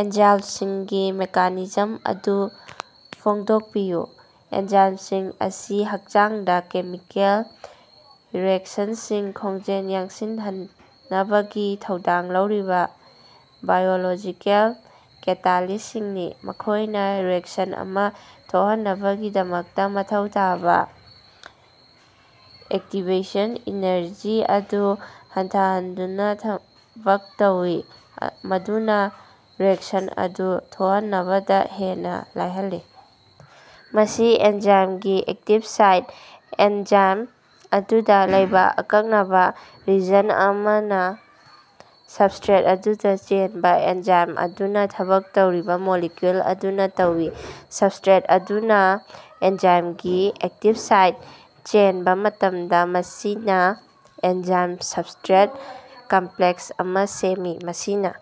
ꯑꯦꯟꯖꯥꯏꯜꯁꯤꯡꯒꯤ mechanism ꯑꯗꯨ ꯐꯣꯡꯗꯣꯛꯄꯤꯌꯨ꯫ ꯑꯦꯟꯖꯥꯏꯝꯁꯤꯡ ꯑꯁꯤ ꯍꯛꯆꯥꯡꯗ ꯀꯦꯃꯤꯀꯦꯜ ꯔꯤꯑꯦꯛꯁꯟꯁꯤꯡ ꯈꯣꯡꯖꯦꯜ ꯌꯥꯡꯁꯤꯟꯍꯟꯅꯕꯒꯤ ꯊꯧꯗꯥꯡ ꯂꯧꯔꯤꯕꯥ ꯕꯥꯏꯑꯣꯂꯣꯖꯤꯀꯦꯜ ꯀꯦꯇꯥꯂꯤꯁꯁꯤꯡꯅꯤ꯫ ꯃꯈꯣꯏꯅ ꯔꯤꯑꯦꯛꯁꯟ ꯑꯃ ꯊꯣꯛꯍꯟꯅꯕꯒꯤꯗꯃꯛꯇ ꯃꯊꯧ ꯇꯥꯕ ꯑꯦꯛꯇꯤꯚꯦꯁꯟ ꯑꯦꯅꯔꯖꯤ ꯑꯗꯨ ꯍꯟꯊꯍꯟꯗꯨꯅꯥ ꯊꯕꯛ ꯇꯧꯏ, ꯃꯗꯨꯅ ꯔꯤꯑꯦꯛꯁꯟ ꯑꯗꯨ ꯊꯣꯛꯍꯟꯅꯕꯗꯥ ꯍꯦꯟꯅ ꯂꯥꯏꯍꯜꯂꯤ꯫ ꯃꯁꯤ ꯑꯦꯟꯖꯥꯏꯝꯒꯤ ꯑꯦꯛꯇꯤꯚ ꯁꯥꯏꯠ, ꯑꯦꯟꯖꯥꯏꯝ ꯑꯗꯨꯗ ꯂꯩꯕ ꯑꯀꯛꯅꯕꯥ ꯔꯤꯖꯟ ꯑꯃꯅ ꯁꯕꯁꯇ꯭ꯔꯦꯠ ꯑꯗꯨꯗ ꯆꯦꯟꯕ, ꯑꯦꯟꯖꯥꯏꯝ ꯑꯗꯨꯅ ꯊꯕꯛ ꯇꯧꯔꯤꯕ ꯃꯣꯂꯤꯀꯨꯜ ꯑꯗꯨꯅ ꯇꯧꯏ꯫ ꯁꯕꯁꯇ꯭ꯔꯦꯠ ꯑꯗꯨꯅ ꯑꯦꯟꯖꯥꯏꯝꯒꯤ ꯑꯦꯛꯇꯤꯕ ꯁꯥꯏꯠꯇ ꯆꯦꯟꯕ ꯃꯇꯝꯗ, ꯃꯁꯤꯅ ꯑꯦꯟꯖꯥꯏꯝ-ꯁꯕꯁꯇ꯭ꯔꯦꯠ ꯀꯝꯄ꯭ꯂꯦꯛꯁ ꯑꯃ ꯁꯦꯝꯃꯤ꯫ ꯃꯁꯤꯅ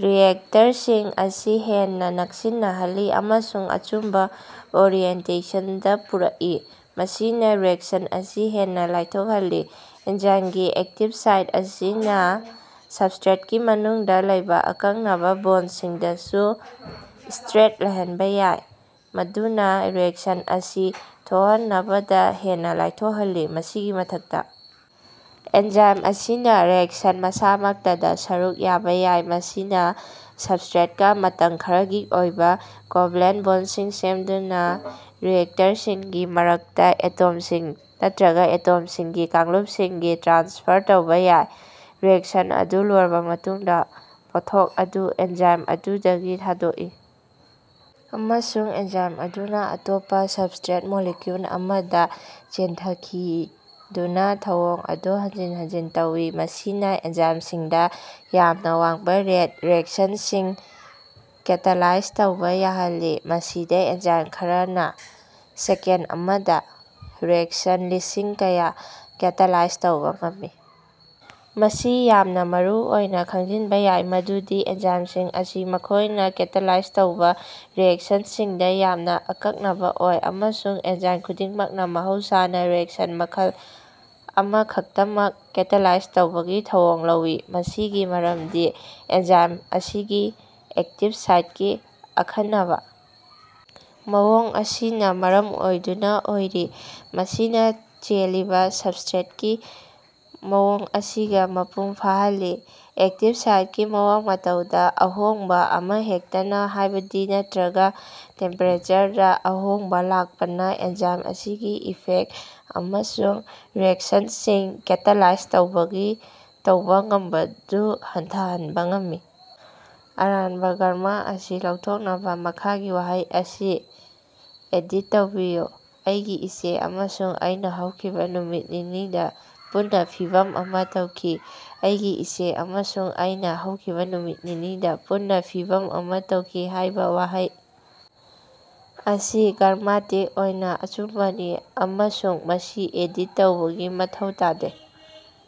ꯔꯤꯑꯦꯛꯇꯔꯁꯤꯡ ꯑꯁꯤ ꯍꯦꯟꯅ ꯅꯛꯁꯤꯟꯅꯍꯜꯂꯤ ꯑꯃꯁꯨꯡ ꯑꯆꯨꯝꯕ ꯑꯣꯔꯤꯑꯦꯟꯇꯦꯁꯟꯗꯥ ꯄꯨꯔꯛꯏ, ꯃꯁꯤꯅ ꯔꯤꯑꯦꯛꯁꯟ ꯑꯁꯤ ꯍꯦꯟꯅ ꯂꯥꯏꯊꯣꯛꯍꯜꯂꯤ꯫ ꯑꯦꯟꯖꯥꯏꯝꯒꯤ ꯑꯦꯛꯇꯤꯕ ꯁꯥꯏꯠ ꯑꯁꯤꯅ ꯁꯕꯁꯇ꯭ꯔꯦꯠꯀꯤ ꯃꯅꯨꯡꯗ ꯂꯩꯕ ꯑꯀꯛꯅꯕ ꯕꯣꯟꯁꯤꯡꯗꯁꯨ ꯁꯇ꯭ꯔꯦꯠ ꯂꯩꯍꯟꯕꯥ ꯌꯥꯏ, ꯃꯗꯨꯅ ꯔꯤꯑꯦꯛꯁꯟ ꯑꯁꯤ ꯊꯣꯛꯍꯟꯅꯕꯗ ꯍꯦꯟꯅ ꯂꯥꯏꯊꯣꯛꯍꯜꯂꯤ꯫ ꯃꯁꯤꯒꯤ ꯃꯊꯛꯇ, ꯑꯦꯟꯖꯥꯏꯝ ꯑꯁꯤꯅ ꯔꯤꯑꯦꯛꯁꯟ ꯃꯁꯥꯃꯛꯇꯗ ꯁꯔꯨꯛ ꯌꯥꯕ ꯌꯥꯏ, ꯃꯁꯤꯅ ꯁꯕꯁꯇ꯭ꯔꯦꯠꯀꯥ ꯃꯇꯝ ꯈꯔꯒꯤ ꯑꯣꯏꯕ ꯀꯣꯑꯣꯚꯦꯂꯦꯟ ꯕꯣꯟꯁꯤꯡ ꯁꯦꯝꯗꯨꯅ ꯔꯤꯑꯦꯛꯇꯔꯁꯤꯡꯒꯤ ꯃꯔꯛꯇ ꯑꯦꯇꯣꯝꯁꯤꯡ ꯅꯠꯇ꯭ꯔꯒ ꯑꯦꯇꯣꯝꯁꯤꯡꯒꯤ ꯀꯥꯡꯂꯨꯞꯁꯤꯡ ꯇ꯭ꯔꯥꯟꯁꯐꯔ ꯇꯧꯕ ꯌꯥꯏ꯫ ꯔꯤꯑꯦꯛꯁꯟ ꯑꯗꯨ ꯂꯣꯏꯔꯕ ꯃꯇꯨꯡꯗ, ꯄꯣꯠꯊꯣꯛ ꯑꯗꯨꯗꯒꯤ ꯑꯦꯟꯖꯥꯏꯝ ꯑꯗꯨꯗꯒꯤ ꯊꯥꯗꯣꯛꯏ, ꯑꯃꯁꯨꯡ ꯑꯦꯟꯖꯥꯏꯝ ꯑꯗꯨꯅ ꯑꯇꯣꯞꯄ ꯁꯕꯁꯇ꯭ꯔꯦꯠ ꯃꯣꯂꯤꯀꯨꯜ ꯑꯃꯗ ꯆꯦꯟꯊꯈꯤꯗꯨꯅꯥ ꯊꯧꯑꯣꯡ ꯑꯗꯨ ꯍꯟꯖꯤꯟ ꯍꯟꯖꯤꯟ ꯇꯧꯏ꯫ ꯃꯁꯤꯅ ꯑꯦꯟꯖꯥꯏꯝꯁꯤꯡꯗ ꯌꯥꯝꯅ ꯋꯥꯡꯕ ꯔꯦꯠ ꯔꯤꯑꯦꯛꯁꯟꯁꯤꯡ ꯀꯦꯇꯥꯂꯥꯏꯖ ꯇꯧꯕ ꯌꯥꯍꯜꯂꯤ, ꯃꯁꯤꯗ ꯑꯦꯟꯖꯥꯏꯝ ꯈꯔꯅ ꯁꯦꯀꯦꯟ ꯑꯃꯗ ꯔꯤꯑꯦꯛꯁꯟ ꯂꯤꯁꯤꯡ ꯀꯌꯥ ꯀꯦꯇꯥꯂꯥꯏꯖ ꯇꯧꯕ ꯉꯝꯃꯤ꯫ ꯃꯁꯤ ꯌꯥꯝꯅ ꯃꯔꯨꯑꯣꯏꯅ ꯈꯪꯖꯤꯟꯕ ꯌꯥꯏ ꯃꯗꯨꯗꯤ ꯑꯦꯟꯖꯥꯏꯝꯁꯤꯡ ꯑꯁꯤ ꯃꯈꯣꯏꯅ ꯀꯦꯇꯥꯂꯥꯏꯖ ꯇꯧꯕ ꯔꯤꯑꯦꯛꯁꯟꯁꯤꯡꯗ ꯌꯥꯝꯅ ꯑꯀꯛꯅꯕ ꯑꯣꯏ, ꯑꯃꯁꯨꯡ ꯑꯦꯟꯖꯥꯏꯝ ꯈꯨꯗꯤꯡꯃꯛꯅ ꯃꯍꯧꯁꯥꯅ ꯔꯤꯑꯦꯛꯁꯟ ꯃꯈꯜ ꯑꯃꯈꯛꯇꯃꯛ ꯀꯦꯇꯥꯂꯥꯏꯖ ꯇꯧꯕꯒꯤ ꯊꯧꯑꯣꯡ ꯂꯧꯏ꯫ ꯃꯁꯤꯒꯤ ꯃꯔꯝꯗꯤ ꯑꯦꯟꯖꯥꯏꯝ ꯑꯁꯤꯒꯤ ꯑꯦꯛꯇꯤꯕ ꯁꯥꯏꯠꯀꯤ ꯑꯈꯟꯅꯕ ꯃꯑꯣꯡ ꯑꯁꯤꯅ ꯃꯔꯝ ꯑꯣꯏꯗꯨꯅ ꯑꯣꯏꯔꯤ, ꯃꯁꯤꯅ ꯆꯦꯜꯂꯤꯕ ꯁꯕꯁꯇ꯭ꯔꯦꯠꯀꯤ ꯃꯑꯣꯡ ꯑꯁꯤꯒ ꯃꯄꯨꯡ ꯐꯥꯍꯜꯂꯤ꯫ ꯑꯦꯛꯇꯤꯚ ꯁꯥꯏꯠꯀꯤ ꯃꯑꯣꯡ-ꯃꯇꯧꯗ ꯑꯍꯣꯡꯕ ꯑꯃꯍꯦꯛꯇꯅ, ꯍꯥꯢꯕꯗꯤ ꯅꯠꯇ꯭ꯔꯒ ꯇꯦꯝꯄꯦꯔꯦꯆꯔꯗꯥ ꯑꯍꯣꯡꯕ ꯂꯥꯛꯄꯅ, ꯑꯦꯟꯖꯥꯏꯝ ꯑꯁꯤꯒꯤ ꯏꯐꯦꯛꯇ ꯑꯃꯁꯨꯡ ꯔꯤꯑꯦꯛꯁꯟꯁꯤꯡ ꯀꯦꯇꯥꯂꯥꯏꯖ ꯇꯧꯕꯒꯤ ꯇꯧꯕ ꯉꯝꯕꯗꯨ ꯍꯟꯊꯍꯟꯕꯥ ꯉꯝꯃꯤ꯫ ꯑꯔꯥꯟꯕ ꯒ꯭ꯔꯥꯃꯥꯔ ꯑꯁꯤ ꯂꯧꯊꯣꯛꯅꯕꯥ ꯃꯈꯥꯒꯤ ꯋꯥꯍꯩ ꯑꯁꯤ ꯑꯦꯗꯤꯠ ꯇꯧꯕꯤꯌꯨ: "ꯑꯩꯒꯤ ꯏꯆꯦ ꯑꯃꯁꯨꯡ ꯑꯩꯅ ꯍꯧꯈꯤꯕ ꯅꯨꯃꯤꯠ ꯅꯤꯅꯤꯗ ꯄꯨꯟꯅ ꯐꯤꯕꯝ ꯑꯃ ꯇꯧꯈꯤ꯫ "ꯑꯩꯒꯤ ꯏꯆꯦ ꯑꯃꯁꯨꯡ ꯑꯩꯅꯥ ꯍꯧꯈꯤꯕ ꯅꯨꯃꯤꯠ ꯅꯤꯅꯤꯗ ꯄꯨꯟꯅ ꯐꯤꯕꯝ ꯑꯃ ꯇꯧꯈꯤ" ꯍꯥꯏꯕ ꯋꯥꯍꯩ ꯑꯁꯤ ꯒ꯭ꯔꯥꯃꯥꯇꯤꯛ ꯑꯣꯏꯅ ꯑꯆꯨꯝꯕꯅꯤ ꯑꯃꯁꯨꯡ ꯃꯁꯤ ꯑꯦꯗꯤꯠ ꯇꯧꯕꯒꯤ ꯃꯊꯧ ꯇꯥꯗꯦ꯫